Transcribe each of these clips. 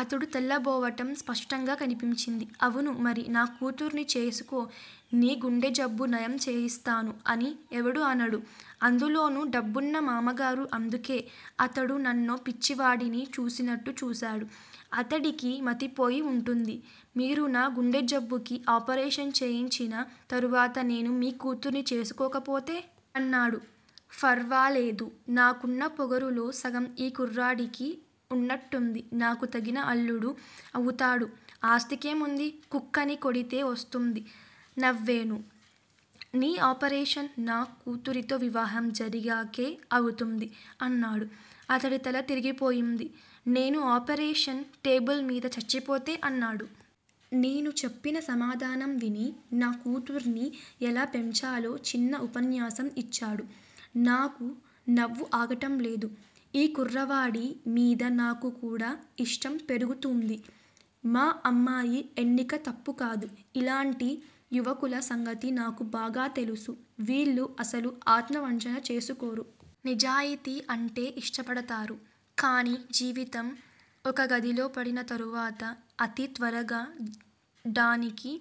అతడు తెల్లబోవటం స్పష్టంగా కనిపించింది. అవును మరి నా కూతుర్ని చేసుకో నీ గుండెజబ్బు నయం చేయిస్తాను అని ఎవడూ అనడు. అందులోనూ డబ్బున్న మామగారు అందుకే అతడు నన్నో పిచ్చివాడిని చూసినట్టు చూశాడు. అతడికి మతిపోయి వుంటుంది. మీరు నా గుండెజబ్బుకి ఆపరేషన్ చేయించిన తరువాత నేను మీ కూతుర్ని చేసుకోకపోతే? అన్నాడు. ఫర్వాలేదు నాకున్న పొగరులో సగం ఈ కుర్రాడికి వునంట్టుంది. నాకు తగిన అల్లుడు అవుతాడు. ఆస్తికేం వుంది. కుక్కని కొడితే వస్తుంది. నవ్వేను. నీ ఆపరేషన్ నా కూతురితో వివాహం జరిగాకే అవుతుంది అన్నాడు. అతడి తల తిరిగిపోయింది. నేను ఆపరేషన్ టేబుల్ మీద చచ్చిపోతే అన్నాడు. నేను చెప్పిన సమాధానం విని- నా కూతుర్ని ఎలా పెంచాలో చిన్న ఉపన్యాసం ఇచ్చాడు. నాకు నవ్వు ఆగటంలేదు. ఈ కుర్రవాడి మీద నాకు కూడా ఇష్టం పెరుగుతూంది. మా అమ్మాయి ఎన్నిక తప్పుకాదు. ఇలాంటి యువకుల సంగతి నాకు బాగా తెలుసు. వీళ్ళు అసలు ఆత్మవంచన చేసుకోరు. నిజాయితీ అంటే ఇష్టపడతారు. కానీ జీవితం ఒక గదిలో పడిన తరువాత అతి త్వరగా డానికి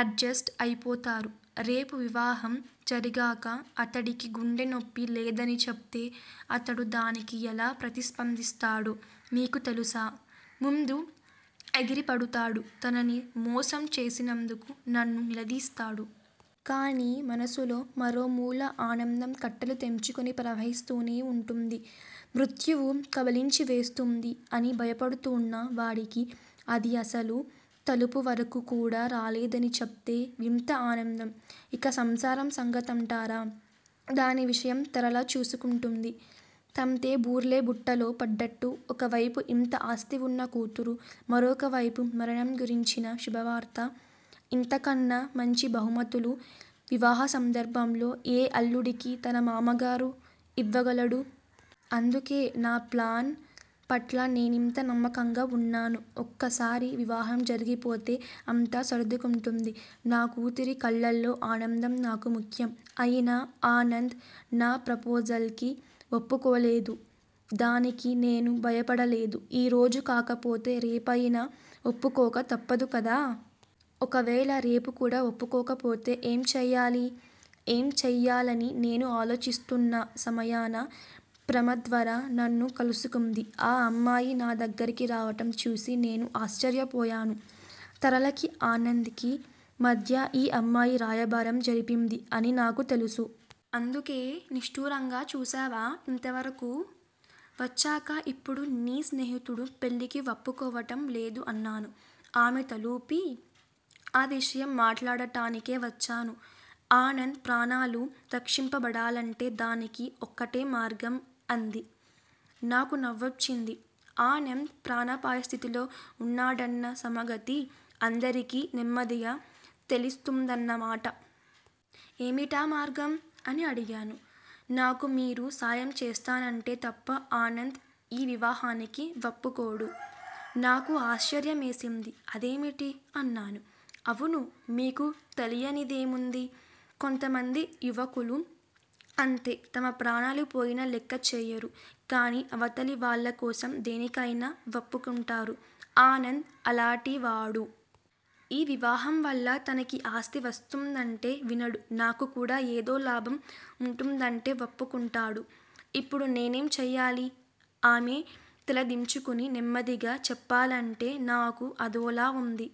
అడ్జెస్ట్ అయిపోతారు. రేపు వివాహం జరిగాక అతడికి గుండె నొప్పి లేదని చెప్తే అతడు దానికి ఎలా ప్రతిస్పందిస్తాడో మీకు తెలుసా? ముందు ఎగిరిపడుతాడు. తనని మోసం చేసినందుకు నన్ను నిలదీస్తాడు. కానీ మనసులో మరో మూల ఆనందం కట్టలు తెంచుకుని ప్రవహిస్తూనే వుంటుంది. మృత్యువు కబళించివేస్తూంది అని భయపడుతూన్న వాడికి, అది అసలు తలుపు వరకూ కూడా రాలేదని చెప్తే వింత ఆనందం! ఇక సంసారం సంగతంటారా- దాని విషయం తరళ చూసుకుంటూంది. తంతే బూర్లె బుట్టలో పడ్డట్టు ఒకవైపు ఇంత ఆస్థివున్న కూతురు మరొకవైపు మరణం గురించిన శుభవార్త ఇంతకన్నా మంచి బహుమతులు వివాహసందర్భంలో ఏ అల్లుడికి తన మామగారు ఇవ్వగలడు? అందుకే నా ప్లాన్ పట్ల నేనింత నమ్మకంగా వున్నాను. ఒక్కసారి వివాహం జరిగిపోతే అంతా సర్దుకుంటుంది. నా కూతురి కళ్ళల్లో ఆనందం నాకు ముఖ్యం. అయినా ఆనంద్ నా ప్రపోజల్ కి వప్పుకోలేదు. దానికి నేను భయపడలేదు. ఈ రోజు కాకపోతే రేపయినా వప్పుకోక తప్పదు కదా! ఒకవేళ రేపు కూడా వప్పుకోకపోతే ఏం చెయ్యాలి? ఏం చెయ్యాలని నేను ఆలోచిస్తున్న సమయాన ప్రమద్వర నన్ను కలుసుకుంది. ఆ అమ్మాయి నా దగ్గిరికి రావటం చూసి నేను ఆశ్చర్యపోయాను. తరళకి ఆనంద్ కి మధ్య ఈ అమ్మాయి రాయబారం జరిపింది అని నాకు తెలుసు. అందుకే నిష్టూరంగా చూశావా-ఇంతవరకూ వచ్చాక ఇప్పుడు నీ స్నేహితుడు పెళ్ళికి వప్పుకోవటం లేదు అన్నాను. ఆమె తలూపి, ఆ విషయం మాట్లాడటానికే వచ్చాను. ఆనంద్ ప్రాణాలు రక్షింపబడాలంటే దానికి ఒకటే మార్గం అంది. నాకు నవ్వొచ్చింది. ఆనంద్ ప్రాణాపాయస్థితిలో వున్నాడన్న సమగతి అందరికీ నెమ్మదిగా తెలిస్తూందన్నమాట. ఏమిటా మార్గం? అని అడిగాను. నాకు మీరు సాయం చేస్తానంటే తప్ప ఆనంద్ ఈ వివాహానికి వప్పుకోడు. నాకు ఆశ్చర్యమేసింది. అదేమిటి? అన్నాను. అవును మీకు తెలియనిదేముంది? కొంతమంది యువకులు అంతే. తమ ప్రాణాలు పోయినా లెక్కచేయరు. కానీ అవతలివాళ్ళ కోసం దేనికైనా వప్పుకుంటారు. ఆనంద్ అలాటివాడు. ఈ వివాహంవల్ల తనకి ఆస్తి వస్తుందంటే వినడు. నాకు కూడా ఏదో లాభం వుంటుందంటే వప్పుకుంటాడు. ఇప్పుడు నేనేం చెయ్యాలి? ఆమె తలదించుకుని నెమ్మదిగా, చెప్పాలంటే నాకూ అదోలా వుంది.